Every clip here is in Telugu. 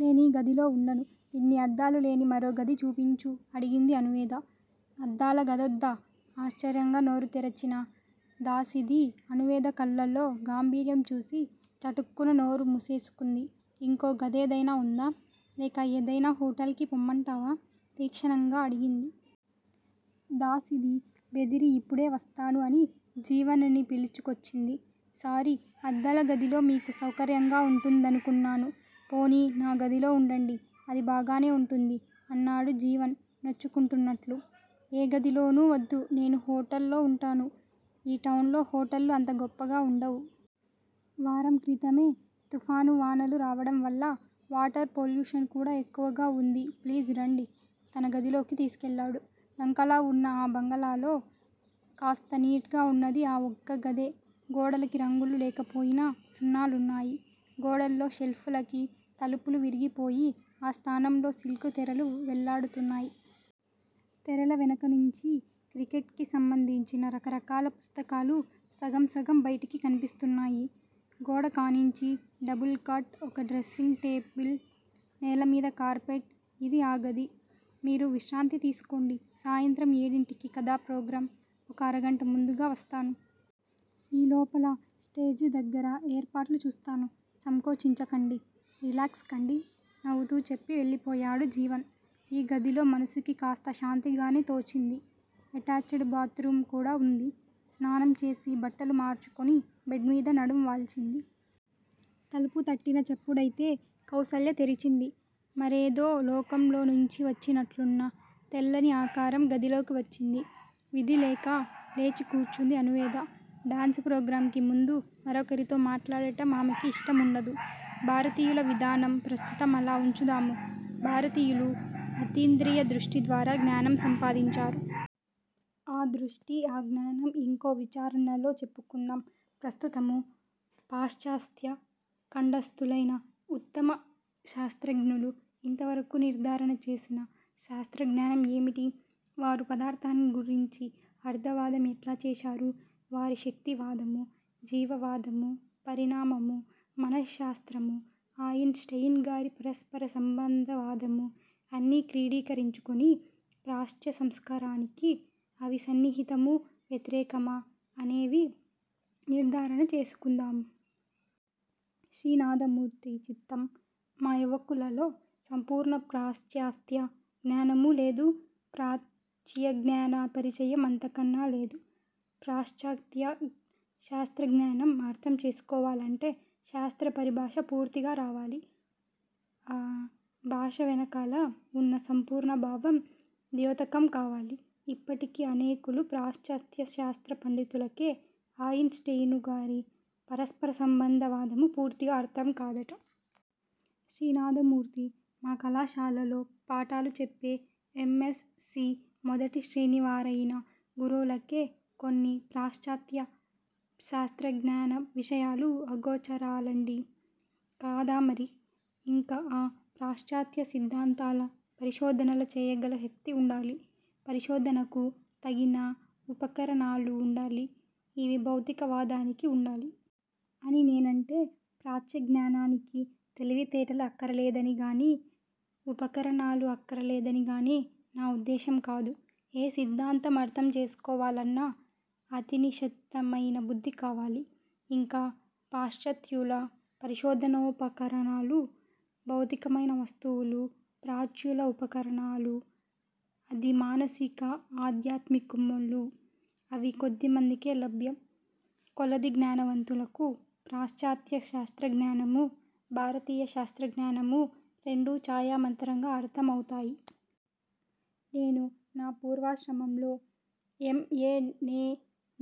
నేనీ ఈ గదిలో వుండను. ఇన్ని అద్దాలు లేని మరో గది చూపించు అడిగింది అణువేద. అద్దాలగదోద్దా! ఆశ్చర్యంగా నోరు తెరచిన దాసిది అణువేద కళ్ళలో గాంభీర్యం చూసి చటుక్కున నోరు ముసేసుకుంది. ఇంకో గదేదైనా వుందా? లేక ఏదైనా హొటల్ కి పొమ్మంటావా? తీక్షణంగా అడిగింది. దాసిది బెదిరి యిపుడే వస్తాను అని జీవన్ ని పిలుచుకొచ్చింది. సారి! అద్దాల గదిలో మీకు సౌకర్యంగా వుంటుదనుకున్నాను. పోనీ నా గదిలో వుండండి. అది బాగానే వుంటుంది. అన్నాడు జీవన్ నొచ్చుకుంటున్నట్లు. ఏ గదిలోనూ వద్దు నేను హొటల్లో వుంటాను. ఈ టౌన్ లో హోటళ్ళు అంత గొప్పగా వుండవు. వారం క్రితమే తుఫాను వానలు రావడం వల్ల వాటర్ పోల్యుషన్ కూడా ఎక్కువగా వుంది ప్లీజ్ రండి. తన గదిలోకి తీసుకెళ్ళాడు. లంకలా వున్న అ బంగళాలో కాస్త నీట్ గా వున్నది ఆ వొక్క గదే గోడలకి రంగులు లేకపోయినా సున్నాలున్నాయి. గోడల్లో షెల్ఫులకి తలుపులు విరిగిపోయి ఆ స్థానంలో సిల్కు తెరలు వెళ్ళాడుతున్నాయి. తెరల వెనకనించి క్రికెట్ కి సంబంధించిన రకరకాల పుస్తకాలు సగం సగం బయటికి కనిపిస్తున్నాయి. గోడ కానించి డబుల్ కాట్, ఒక డ్రస్సింగ్ టేబిల్, నేల మీద కార్పెట్, ఇది ఆ గది. మీరు విశ్రాంతి తీసుకోండి. సాయంత్రం ఏడింటికి కదా ప్రోగ్రాం ఒక అరగంట ముందుగా వస్తాను. ఈ లోపల స్టేజి దగ్గర యేర్పాట్లు చూస్తాను. సంకోచించకండి. రిలాక్స్ కండి నవుతూ చెప్పి వెళ్లిపోయాడు జీవన్. ఈ గదిలో మనసుకి కాస్త శాంతిగానే తోచింది. ఎటాచ్ డ్ బాత్ రూమ్ కూడా వుంది. స్నానం చేసి బట్టలు మార్చుకుని బెడ్ మీద నడుం వాల్చింది. తలుపు తట్టిన చప్పుడైతే కౌసల్య తెరిచింది. మరేదో లోకంలోనించి వచ్చినట్లున్న తెల్లని ఆకారం గదిలోకి వచ్చింది. విధి లేక లేచి కూర్చుంది అణువేద. డాన్సు ప్రోగ్రాంకి ముందు మరొకరితో మాట్లాడటం ఆమెకి యిష్టముండదు. '' భారతీయుల విధానం ప్రస్తుతం అలా ఉంచుదాము. భారతీయులు అతీంద్రియదృష్టిద్వారా జ్ఞానం సంపాదించారు. ఆ దృష్టీ, ఆ జ్ఞానం ఇంకో విచారణలో చెప్పుకుందాం. ప్రస్తుతము పాశ్చాత్య ఖండస్థులైన ఉత్తమశాస్త్రజ్ఞులు ఇంతవరకు నిర్దారణచేసిన శాస్త్రజ్ఞానం ఏమిటి? వారు పదార్ధాన్ని గురించి అర్ధవాదం ఎట్లాచేశారు? వారి శక్తివాదము, జీవవాదము, పరిణామము, మనశ్శాస్త్రము, ఆయిన్ స్టెయిన్ గారి పరస్పర సంభందవాదము, అన్నీ క్రీడీకరించుకొని, ప్రాచ్యసంస్కారానికి అవి సన్నిహితమూ, వ్యతిరేకమా అనేవి నిర్ధారణ చేసుకుందాము. '' శ్రీనాథమూర్తి: చిత్తం. మా యువకులలో సంపూర్ణ పాశ్చాత్య జ్ఞానమూలేదు, ప్రాచ్యజ్ఞాన పరిచయం అంతకన్నా లేదు. '' పాశ్చాత్య శాస్త్రజ్ఞానం అర్ధంచేసుకోవాలంటే, శాస్త్ర పరిభాష పూర్తిగా రావాలి. అ భాషవెనకాల వున్న సంపూర్ణభావం ద్యోతకంకావాలి. ఇప్పటికి అనేకులు పాశ్చాత్య శాస్త్ర పండితులకే ఆయిన్ స్టెయినుగారి పరస్పర సంబంధవాదము పూర్తిగా అర్ధంకాదట! '' శ్రీనాథమూర్తి: మా కళాశాలలో పాఠాలు చెప్పే ఎమ్. ఎస్. సి మొదటి శ్రేణివారయిన గురువులకే కొన్ని పాశ్చాత్య శాస్త్రజ్ఞాన విషయాలు అగోచరాలండీ. '' కాదామరి, ఇంక ఆ పాశ్చాత్య సిద్దాంతాల పరిశోధనల చేయగల శక్తివుండాలి. పరిశోధనకు తగిన వుపకరణాలు వుండాలి. ఇవి భౌతిక వాదానికి వుండాలి. అని నేనంటే, ప్రాచ్యజ్ఞానానికి తెలివితేటలు అక్కరలేదని గాని, వుపకరణాలు అక్కరలేదనిగాని నా ఉద్దేశంకాదు. ఏ సిద్దాంతం అర్ధం చేసుకోవాలన్నా అతినిశితమైనబుద్ది కావాలి. ఇంక పాశ్చత్యుల పరిశోధనోపకరణాలు, భౌతికమైన వస్తువులు, ప్రాచ్యుల వుపకరణాలు అధిమానసిక, ఆధ్యాత్మికములు. అవి కొద్దిమందికే లభ్యం. కొలదిజ్ఞానవంతులకు పాశ్చాత్య శాస్త్రజ్ఞానమూ, భారతీయ శాస్త్రజ్ఞానమూ రెండూ ఛాయామాత్రంగా అర్ధం అవుతాయి. నేను నా పూర్వాశ్రమంలో ఎమ్. ఏ. నే.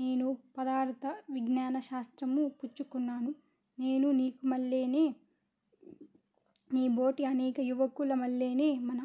నేను పదార్ద విజ్ఞానశాస్త్రము పుచ్చుకున్నాను. నేనూ నీకుమల్లేనె నీబోటి అనేక యువకుల మల్లేనే మన